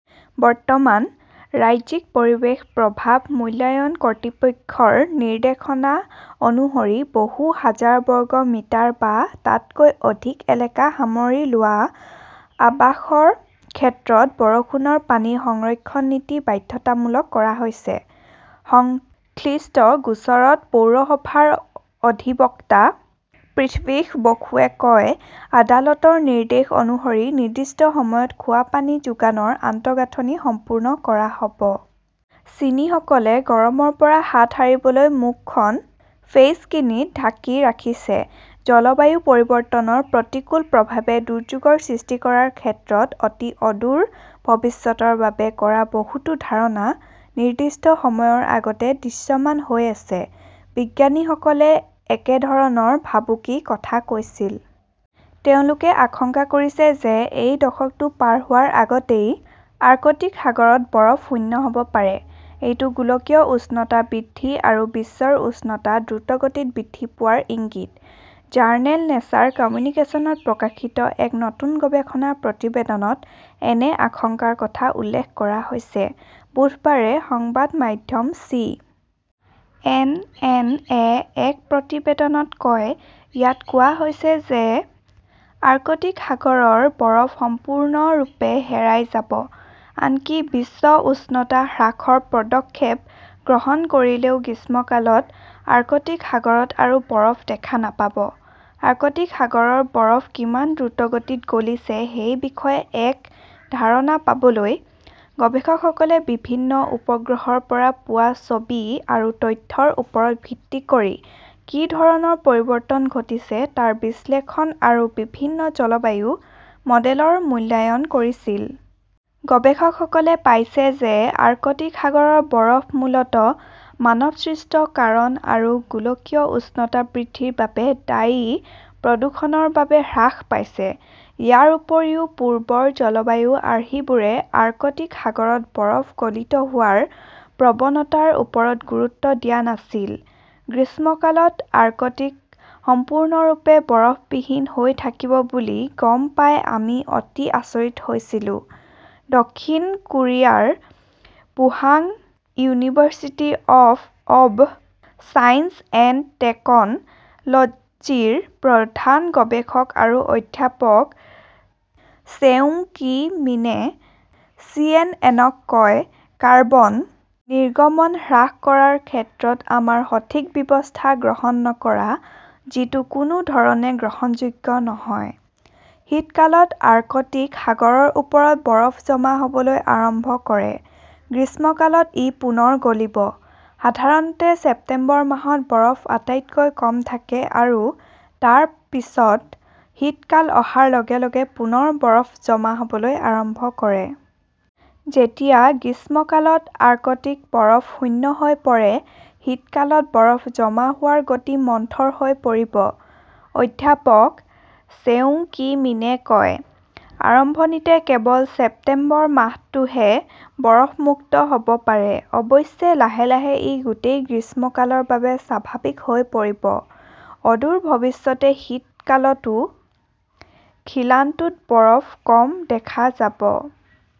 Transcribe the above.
বৰ্তমান, ৰাজ্যিক পৰিৱেশ প্ৰভাৱ মূল্যায়ন কৰ্তৃপক্ষৰ নিৰ্দেশনা অনুসৰি বহু হাজাৰ বৰ্গ মিটাৰ বা তাতকৈ অধিক এলেকা সামৰি লোৱা আৱাসৰ ক্ষেত্ৰত বৰষুণৰ পানী সংৰক্ষণ নীতি বাধ্যতামূলক কৰা হৈছে। সংশ্লিষ্ট গোচৰটোত পৌৰসভাৰ অধিবক্তা পৃথ্বীশ বসুৱে কয়, "আদালতৰ নিৰ্দেশ অনুসৰি নিৰ্দিষ্ট সময়ত খোৱা পানী যোগানৰ আন্তঃগাঁথনি সম্পূৰ্ণ কৰা হ'ব। "চীনীসকলে গৰমৰ পৰা হাত সাৰিবলৈ মুখখন 'ফেইচকিনি'ত ঢাকি ৰাখিছে জলবায়ু পৰিৱৰ্তনৰ প্ৰতিকূল প্ৰভাৱে দুৰ্যোগৰ সৃষ্টি কৰাৰ ক্ষেত্ৰত অতি অদূৰ ভৱিষ্যতৰ বাবে কৰা বহুতো ধাৰণা নিৰ্দিষ্ট সময়ৰ আগতে দৃশ্যমান হৈ আছে। বিজ্ঞানীসকলে একেধৰণৰ ভাবুকি কথা কৈছিল। তেওঁলোকে আশংকা কৰিছে যে এই দশকটো পাৰ হোৱাৰ আগতেই আৰ্কটিক সাগৰত বৰফ শূন্য হ'ব পাৰে। এইটো গোলকীয় উষ্ণতা বৃদ্ধি আৰু বিশ্বৰ উষ্ণতা দ্ৰুতগতিত বৃদ্ধি পোৱাৰ ইংগিত। জাৰ্নেল নেচাৰ কমিউনিকেশ্বনত প্ৰকাশিত এক নতুন গৱেষণা প্ৰতিবেদনত এনে আশংকাৰ কথা উল্লেখ কৰা হৈছে ", বুধবাৰে সংবাদ মাধ্যম চি. এন. এন. -এ এক প্ৰতিবেদনত কয়। ইয়াত কোৱা হৈছে যে আৰ্কটিক সাগৰৰ বৰফ সম্পূৰ্ণৰূপে হেৰাই যাব। আনকি বিশ্ব উষ্ণতা হ্ৰাসৰ পদক্ষেপ গ্ৰহণ কৰিলেও গ্ৰীষ্মকালত আৰ্কটিক সাগৰত আৰু বৰফ দেখা নাপাব। আৰ্কটিক সাগৰৰ বৰফ কিমান দ্ৰুতগতিত গলিছে সেই বিষয়ে এক ধাৰণা পাবলৈ, গৱেষকসকলে বিভিন্ন উপগ্ৰহৰ পৰা পোৱা ছবি আৰু তথ্যৰ ওপৰত ভিত্তি কৰি কি ধৰণৰ পৰিৱৰ্তন ঘটিছে তাৰ বিশ্লেষণ আৰু বিভিন্ন জলবায়ু মডেলৰ মূল্যায়ন কৰিছিল। গৱেষকসকলে পাইছে যে আৰ্কটিক সাগৰৰ বৰফ মূলতঃ মানৱসৃষ্ট কাৰণ আৰু গোলকীয় উষ্ণতা বৃদ্ধিৰ বাবে দায়ী প্ৰদূষণৰ বাবে হ্ৰাস পাইছে। ইয়াৰ উপৰিও, পূৰ্বৰ জলবায়ু আৰ্হিবোৰে আৰ্কটিক সাগৰত বৰফ গলিত হোৱাৰ প্ৰৱণতাৰ ওপৰত গুৰুত্ব দিয়া নাছিল। "গ্ৰীষ্মকালত আৰ্কটিক সম্পূৰ্ণৰূপে বৰফবিহীন হৈ থাকিব বুলি গম পাই আমি অতি আচৰিত হৈছিলো", দক্ষিণ কোৰিয়াৰ Pohang university of science and টেকন'লজিৰ প্ৰধান গৱেষক আৰু অধ্যাপক ছেউং-কি মিনে চিএনএনক কয়। কাৰ্বন নিৰ্গমন হ্ৰাস কৰাৰ ক্ষেত্ৰত আমাৰ সঠিক ব্যৱস্থা গ্ৰহণ নকৰা, যিটো কোনো ধৰণে গ্ৰহণযোগ্য নহয়। "শীতকালত আৰ্কটিক সাগৰৰ ওপৰত বৰফ জমা হ'বলৈ আৰম্ভ কৰে। গ্ৰীষ্মকালত ই পুনৰ গলিব। সাধাৰণতে, ছেপ্টেম্বৰ মাহত বৰফ আটাইতকৈ কম থাকে আৰু তাৰ পিছত শীতকাল অহাৰ লগে লগে পুনৰ বৰফ জমা হ'বলৈ আৰম্ভ কৰে। "যেতিয়া গ্ৰীষ্মকালত আৰ্কটিক বৰফ শূন্য হৈ পৰে, শীতকালত বৰফ জমা হোৱাৰ গতি মন্থৰ হৈ পৰিব", অধ্যাপক ছেউং-কি মিনে কয়। আৰম্ভণিতে কেৱল ছেপ্টেম্বৰ মাহটোহে বৰফ-মুক্ত হ'ব পাৰে। অৱশ্যে, লাহে লাহে ই গোটেই গ্ৰীষ্মকালৰ বাবে স্বাভাৱিক হৈ পৰিব। অদূৰ ভৱিষ্যতে শীতকালতো খিলানটোত বৰফ কম দেখা যাব।